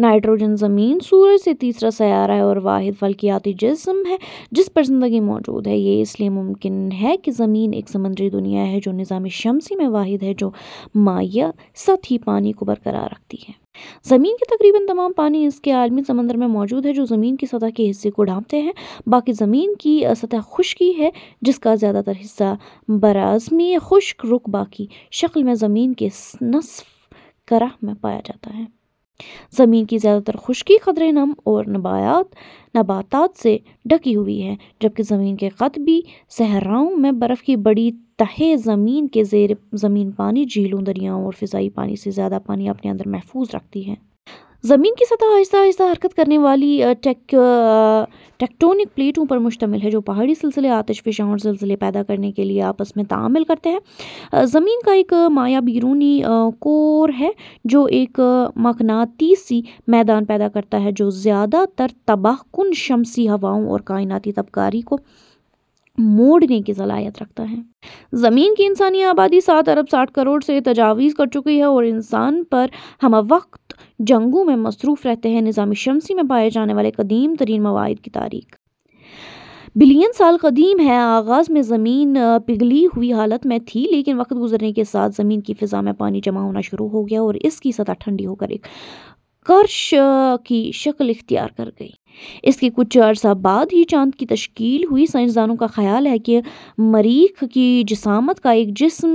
Nitrogen زمین سورج سے تیسرا سیارہ ہے اور واحد فلکیاتی جسم ہے جس پر زندگی موجود ہے۔ یہ اس لیے ممکن ہے کہ زمین ایک سمندری دنیا ہے، جو نظام شمسی میں واحد ہے جو مائع سطحی پانی کو برقرار رکھتی ہے۔ زمین کے تقریباً تمام پانی اس کے عالمی سمندر میں موجود ہیں، جو زمین کی سطح کے حصے کو ڈھانپتے ہیں۔ باقی زمین کی سطح خشکی ہے، جس کا زیادہ تر حصہ براعظمی خشک رقبہ کی شکل میں زمین کے نصف کرہ میں پایا جاتا ہے۔ زمین کی زیادہ تر خشکی قدرے نم ہے اور نباتات سے ڈھکی ہوئی ہے، جبکہ زمین کے قطبی صحراؤں میں برف کی بڑی تہیں زمین کے زیرِ زمین پانی ، جھیلوں، دریاؤں اور فضائی پانی سے زیادہ پانی اپنے اندر محفوظ رکھتی ہیں۔ زمین کی سطح آہستہ آہستہ حرکت کرنے والی ٹیکٹونک پلیٹوں پر مشتمل ہے، جو پہاڑی سلسلے، آتش فشاں اور زلزلے پیدا کرنے کے لیے آپس میں تعامل کرتی ہیں۔ زمین کا ایک مائع بیرونی کور ہے جو ایک مقناطیسی میدان پیدا کرتا ہے جو زیادہ تر تباہ کن شمسی ہواؤں اور کائناتی تابکاری کو موڑنے کی صلاحیت رکھتا ہے. زمین کی انسانی آبادی سات ارب ساٹھ کروڑ سے تجاوز کر چکی ہے۔ اور انسان اس پر ہمہ وقت جنگوں میں مصروف رہتے ہیں۔ نظام شمسی میں پائے جانے والے قدیم ترین مواد کی تاریخ.. بلین سال قدیم ہے۔ آغاز میں زمین پگھلی ہوئی حالت میں تھی لیکن وقت گزرنے کے ساتھ زمین کی فضا میں پانی جمع ہونا شروع ہو گیا اور اس کی سطح ٹھنڈی ہو کر ایک قرش کی شکل اختیار کر گئی۔ اس کے کچھ عرصہ بعد ہی چاند کی تشکیل ہوئی۔ سائنسدانوں کا خیال ہے کہ مریخ کی جسامت کا ایک جسم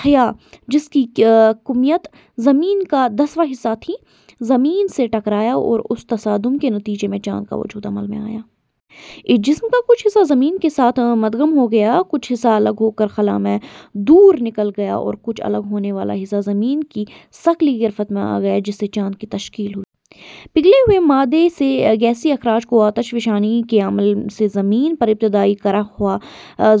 تھیا ، جس کی کمیت زمین کا دسواں حصہ تھی، زمین سے ٹکرایا اور اس تصادم کے نتیجے میں چاند کا وجود عمل میں آیا۔ اس جسم کا کچھ حصہ زمین کے ساتھ مدغم ہو گیا، کچھ حصہ الگ ہو کر خلا میں دور نکل گیا اور کچھ الگ ہونے والا حصہ زمین کی ثقلی گرفت میں آگیا جس سے چاند کی تشکیل ہوئی۔ پگھلے ہوئے مادے سے گیسی اخراج اور آتش فشانی کے عمل سے زمین پر ابتدائی کرہ ہوا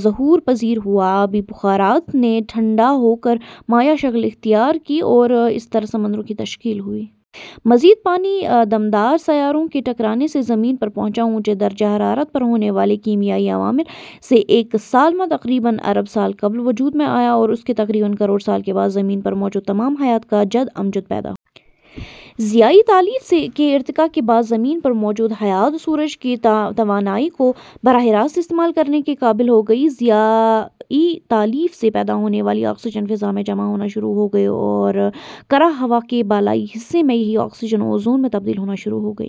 ظہور پزیر ہوا۔ آبی بخارات نے ٹھنڈا ہو کر مائع شکل اختیار کی اور اس طرح سمندروں کی تشکیل ہوئی۔ مزید پانی دمدار سیاروں کے ٹکرانے سے زمین پر پہنچا۔ اونچے درجہ حرارت پر ہونے والے کیمیائی عوامل سے ایک سالمہ تقریباً ارب سال قبل وجود میں آیا اور اس کے تقریباً کروڑ سال کے بعد زمین پر موجود تمام حیات کا جد امجد پیدا ہوا۔ ضیائی تالیف کے ارتقا کے بعد زمین پر موجود حیات سورج کی توانائی کو براہ راست استعمال کرنے کے قابل ہو گئی۔ ضیائی تالیف سے پیدا ہونے والی آکسیجن فضاء میں جمع ہونا شروع ہو گئی اور کرہ ہوا کے بالائی حصے میں یہی آکسیجن اوزون میں تبدیل ہونا شروع ہو گئی۔